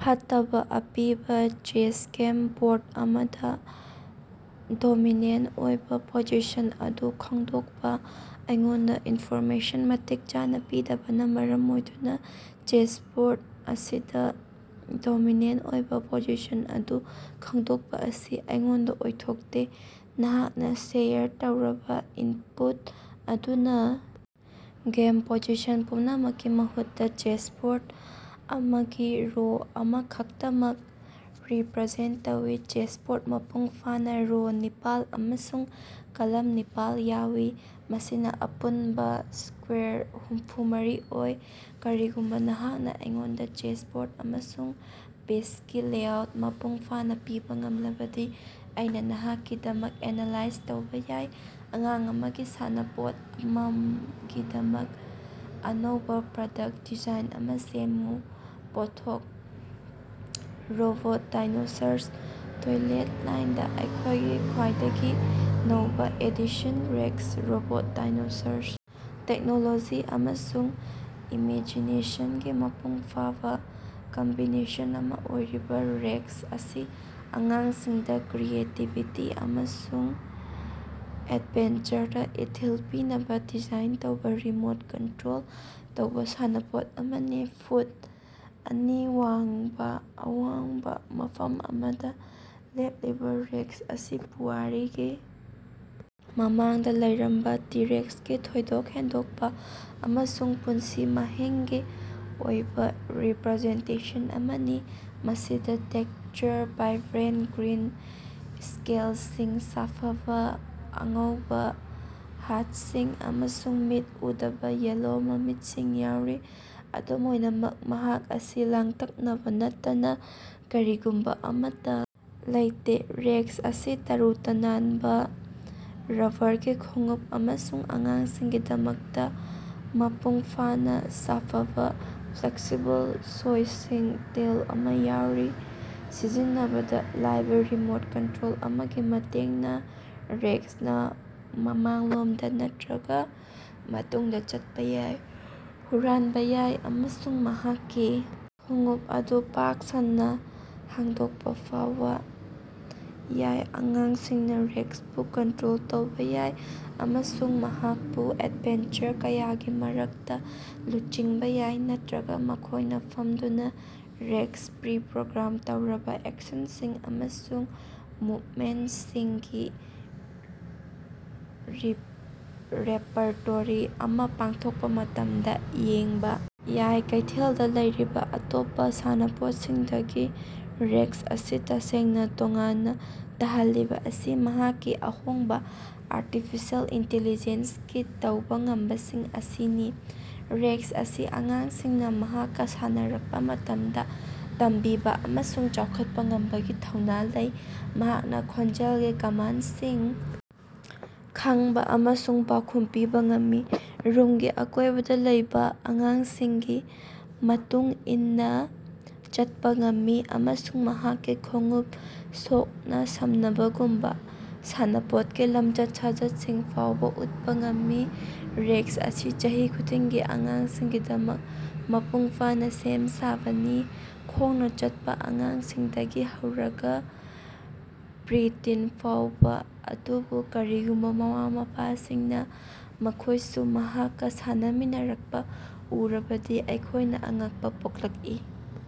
ꯐꯠꯇꯕ ꯑꯄꯤꯕ chess game ꯕꯣꯔꯗ ꯑꯃꯗ ꯗꯣꯃꯤꯅꯦꯟꯇ ꯑꯣꯏꯕ ꯄꯣꯖꯤꯁꯟ ꯑꯗꯨ ꯈꯪꯗꯣꯛꯄ꯫ ꯑꯩꯉꯣꯟꯗ ꯏꯟꯐꯣꯔꯃꯦꯁꯟ ꯃꯇꯤꯛ ꯆꯥꯅ ꯄꯤꯗꯕꯅ ꯃꯔꯝ ꯑꯣꯏꯗꯨꯅ ꯆꯦꯁꯕꯣꯔꯗ ꯑꯁꯤꯗ ꯗꯣꯃꯤꯅꯦꯟꯇ ꯑꯣꯏꯕ ꯄꯣꯖꯤꯁꯟ ꯑꯗꯨ ꯈꯪꯗꯣꯛꯄ ꯑꯁꯤ ꯑꯩꯉꯣꯟꯗ ꯑꯣꯏꯊꯣꯛꯇꯦ꯫ ꯅꯍꯥꯛꯅ ꯁꯦꯌꯔ ꯇꯧꯔꯕ ꯏꯟꯄꯨꯠ ꯑꯗꯨꯅ ꯒꯦꯝ ꯄꯣꯖꯤꯁꯟ ꯄꯨꯝꯅꯃꯛꯀꯤ ꯃꯍꯨꯠꯇ, ꯆꯦꯁꯕꯣꯔꯗ ꯑꯃꯒꯤ ꯔꯣ ꯑꯃꯈꯛꯇꯃꯛ ꯔꯤꯄꯔꯖꯦꯟꯇ ꯇꯧꯏ꯫ ꯆꯦꯁꯕꯣꯔꯗ ꯃꯄꯨꯡ ꯐꯥꯅꯥ ꯔꯣ ꯅꯤꯄꯥꯜ ꯑꯃꯁꯨꯡ ꯀꯂꯝ ꯅꯤꯄꯥꯜ ꯌꯥꯎꯏ, ꯃꯁꯤꯅ ꯑꯄꯨꯟꯕ ꯏꯁ꯭ꯀꯌꯥꯔ ꯍꯨꯝꯐꯨꯃꯔꯤ ꯑꯣꯏ꯫ ꯀꯔꯤꯒꯨꯝꯕ ꯅꯍꯥꯛꯅ ꯑꯩꯉꯣꯟꯗ ꯆꯦꯁꯕꯣꯔꯗ ꯑꯃꯁꯨꯡ ꯄꯤꯁꯀꯤ ꯂꯦꯑꯥꯎꯠ ꯃꯄꯨꯡ ꯐꯥꯅ ꯄꯤꯕ ꯉꯝꯂꯕꯗꯤ ꯑꯩꯅ ꯅꯍꯥꯛꯀꯤꯗꯃꯛꯇ ꯑꯦꯅꯥꯂꯥꯏꯖ ꯇꯧꯕ ꯌꯥꯏ꯫ ꯑꯉꯥꯡ ꯑꯃꯒꯤ ꯁꯥꯟꯅꯄꯣꯠ ꯑꯃꯒꯤꯗꯃꯛ ꯑꯅꯧꯕ ꯄ꯭ꯔꯗꯛꯇ ꯗꯤꯖꯥꯏꯟ ꯑꯃ ꯁꯦꯝꯃꯨ꯫ ꯄꯣꯠꯊꯣꯛ: ꯔꯣꯕꯣꯠ ꯗꯥꯏꯅꯣꯁꯥꯔꯁ꯫ ꯇꯣꯏꯂꯦꯠ ꯂꯥꯏꯟꯗ ꯑꯩꯈꯣꯏꯒꯤ ꯈ꯭ꯋꯥꯏꯗꯒꯤ ꯅꯧꯕ edition- rex, robot dinosaurs! Technology ꯑꯃꯁꯨꯡ ꯏꯃꯦꯖꯤꯅꯦꯁꯟꯒꯤ ꯃꯄꯨꯡ ꯐꯥꯕ ꯀꯝꯕꯤꯅꯦꯁꯟ ꯑꯃ ꯑꯣꯏꯔꯤꯕ ꯔꯦꯛꯁ ꯑꯁꯤ ꯑꯉꯥꯡꯁꯤꯡꯗ ꯀ꯭ꯔꯤꯌꯦꯇꯤꯕꯤꯇꯤ ꯑꯃꯁꯨꯡ ꯑꯦꯗꯚꯦꯟꯆꯔꯗ ꯏꯊꯤꯜ ꯄꯤꯅꯕ ꯗꯤꯖꯥꯏꯟ ꯇꯧꯕ ꯔꯤꯃꯣꯠ ꯀꯟꯠꯔꯣꯜ ꯇꯧꯕ ꯁꯥꯟꯅꯄꯣꯠ ꯑꯃꯅꯤ꯫ ꯐꯨꯠ ꯑꯅꯤ ꯋꯥꯡꯕ ꯑꯋꯥꯡꯕ ꯃꯐꯝ ꯑꯃꯗ ꯂꯦꯞꯂꯤꯕ ꯔꯦꯛꯁ ꯑꯁꯤ ꯄꯨꯋꯥꯔꯤꯒꯤ ꯃꯃꯥꯡꯗ ꯂꯩꯔꯝꯕ ꯇꯤ-ꯔꯦꯛꯁꯀꯤ ꯊꯣꯏꯗꯣꯛ ꯍꯦꯟꯗꯣꯛꯄ ꯑꯃꯁꯨꯡ ꯄꯨꯟꯁꯤ ꯃꯍꯤꯡꯒꯤ ꯑꯣꯏꯕ ꯔꯤꯄꯔꯖꯦꯟꯇꯦꯁꯟ ꯑꯃꯅꯤ, ꯃꯁꯤꯗ ꯇꯦꯛꯁꯆꯔ, ꯚꯥꯏꯕ꯭ꯔꯦꯟꯇ ꯒ꯭ꯔꯤꯟ ꯏꯁ꯭ꯀꯦꯜꯁꯤꯡ, ꯁꯥꯐꯕꯥ ꯑꯉꯧꯕꯥ ꯍꯥꯠꯁꯤꯡ, ꯑꯃꯁꯨꯡ ꯃꯤꯠ ꯎꯗꯕ ꯌꯦꯜꯂꯣ ꯃꯃꯤꯠꯁꯤꯡ ꯌꯥꯎꯔꯤ꯫ ꯑꯗꯨꯝ ꯑꯣꯏꯅꯃꯛ, ꯃꯍꯥꯛ ꯑꯁꯤ ꯂꯥꯡꯇꯛꯅꯕ ꯅꯠꯇꯅ ꯀꯔꯤꯒꯨꯝꯕ ꯑꯃꯠꯇ ꯂꯩꯇꯦ- ꯔꯦꯛꯁ ꯑꯁꯤ ꯇꯔꯨ ꯇꯅꯥꯟꯕꯥ, ꯔꯕ꯭ꯕꯔꯒꯤ ꯈꯣꯡꯎꯞ ꯑꯃꯁꯨꯡ ꯑꯉꯥꯡꯁꯤꯡꯒꯤꯗꯃꯛꯇ ꯃꯄꯨꯡ ꯐꯥꯅ ꯁꯥꯐꯕ ꯐ꯭ꯂꯦꯛꯁꯤꯕꯜ, ꯁꯣꯏꯁꯤꯡ ꯇꯦꯜ ꯑꯃ ꯌꯥꯎꯔꯤ꯫ ꯁꯤꯖꯤꯟꯅꯕꯗ ꯂꯥꯏꯕ ꯔꯤꯃꯣꯠ ꯀꯟꯇꯔꯣꯜ ꯑꯃꯒꯤ ꯃꯇꯦꯡꯅ ꯔꯦꯛꯁꯅ ꯃꯃꯥꯡꯂꯣꯝꯗ ꯅꯠꯇ꯭ꯔꯒꯥ ꯃꯇꯨꯡꯗ ꯆꯠꯄ ꯌꯥꯏ, ꯍꯨꯔꯥꯟꯕ ꯌꯥꯏ ꯑꯃꯁꯨꯡ ꯃꯍꯥꯛꯀꯤ ꯈꯣꯡꯎꯞ ꯑꯗꯨ ꯄꯥꯛ ꯁꯟꯅ ꯍꯥꯡꯗꯣꯛꯄ ꯐꯥꯎꯕ ꯌꯥꯏ꯫ ꯑꯉꯥꯡꯁꯤꯡꯅꯥ ꯔꯦꯛꯁꯄꯨ ꯀꯟꯇꯔꯣꯜ ꯇꯧꯕ ꯌꯥꯏ ꯑꯃꯁꯨꯡ ꯃꯍꯥꯛꯄꯨ ꯑꯦꯗꯚꯦꯟꯆꯔ ꯀꯌꯥꯒꯤ ꯃꯔꯛꯇ ꯂꯨꯆꯤꯡꯕ ꯌꯥꯏ, ꯅꯠꯇ꯭ꯔꯒꯥ ꯃꯈꯣꯏꯅ ꯐꯝꯗꯨꯅ ꯔꯦꯛꯁꯅ ꯄ꯭ꯔꯤ-ꯄ꯭ꯔꯣꯒ꯭ꯔꯥꯝ ꯇꯧꯔꯕ ꯑꯦꯛꯁꯟꯁꯤꯡ ꯑꯃꯁꯨꯡ ꯃꯨꯚꯃꯦꯟꯇꯁꯤꯡꯒꯤ ꯔꯦꯄꯔꯇꯣꯔꯤ ꯑꯃ ꯄꯥꯡꯊꯣꯛꯄ ꯃꯇꯝꯗ ꯌꯦꯡꯕ ꯌꯥꯏ꯫ ꯀꯩꯊꯦꯜꯗ ꯂꯩꯔꯤꯕꯥ ꯑꯇꯣꯞꯄ ꯁꯥꯟꯅꯄꯣꯠꯁꯤꯡꯗꯒꯤ ꯔꯦꯛꯁ ꯑꯁꯤ ꯇꯁꯦꯡꯅ ꯇꯣꯉꯥꯟꯅ ꯇꯥꯍꯜꯂꯤꯕ ꯑꯁꯤ ꯃꯍꯥꯛꯀꯤ ꯑꯍꯣꯡꯕ ꯑꯥꯔꯇꯤꯐꯤꯁꯤꯑꯦꯜ ꯏꯟꯇꯤꯂꯤꯖꯦꯟꯁꯀꯤ ꯇꯧꯕ ꯉꯝꯕꯁꯤꯡ ꯑꯁꯤꯅꯤ꯫ ꯔꯦꯛꯁ ꯑꯁꯤ ꯑꯉꯥꯡꯁꯤꯡꯅ ꯃꯍꯥꯛꯀꯥ ꯁꯥꯟꯅꯔꯛꯄ ꯃꯇꯝꯗ "ꯇꯝꯕꯤꯕ" ꯑꯃꯁꯨꯡ "ꯆꯥꯎꯈꯠꯄ" ꯉꯝꯕꯒꯤ ꯊꯧꯅ ꯂꯩ꯫ ꯃꯍꯥꯛꯅ ꯈꯣꯟꯖꯦꯜꯒꯤ ꯀꯃꯥꯟꯗꯁꯤꯡ ꯈꯪꯕ ꯑꯃꯁꯨꯡ ꯄꯥꯎꯈꯨꯝ ꯄꯤꯕ ꯉꯝꯃꯤ, ꯔꯨꯝꯒꯤ ꯑꯀꯣꯏꯕꯗ ꯂꯩꯕ ꯑꯉꯥꯡꯁꯤꯡꯒꯤ ꯃꯇꯨꯡ ꯏꯟꯅ ꯆꯠꯄ ꯉꯝꯃꯤ, ꯑꯃꯁꯨꯡ ꯃꯍꯥꯛꯀꯤ ꯈꯣꯡꯎꯞ ꯁꯣꯛꯅ-ꯁꯝꯅꯕꯒꯨꯝꯕ ꯁꯥꯟꯅꯄꯣꯠꯀꯤ ꯂꯝꯆꯠ-ꯁꯥꯖꯠꯁꯤꯡ ꯐꯥꯎꯕ ꯎꯠꯄ ꯉꯝꯃꯤ꯫ ꯔꯦꯛꯁ ꯑꯁꯤ ꯆꯍꯤ ꯈꯨꯗꯤꯡꯒꯤ ꯑꯉꯥꯡꯁꯤꯡꯒꯤꯗꯃꯛ ꯃꯄꯨꯡ ꯐꯥꯅ ꯁꯦꯝ ꯁꯥꯕꯅꯤ, ꯈꯣꯡꯅ ꯆꯠꯄ ꯑꯉꯥꯡꯁꯤꯡꯗꯒꯤ ꯍꯧꯔꯒꯥ ꯄ꯭ꯔꯤ-ꯇꯤꯟ ꯐꯥꯎꯕ ꯑꯗꯨꯕꯨ ꯀꯔꯤꯒꯨꯝꯕ ꯃꯃꯥ-ꯃꯄꯥꯁꯤꯡꯅ ꯃꯈꯣꯏꯁꯨ ꯃꯍꯥꯛꯀꯥ ꯁꯥꯟꯅꯃꯤꯟꯅꯔꯛꯄ ꯎꯔꯕꯗꯤ ꯑꯩꯈꯣꯏꯅ ꯑꯉꯛꯄꯥ ꯄꯣꯛꯂꯛꯏ!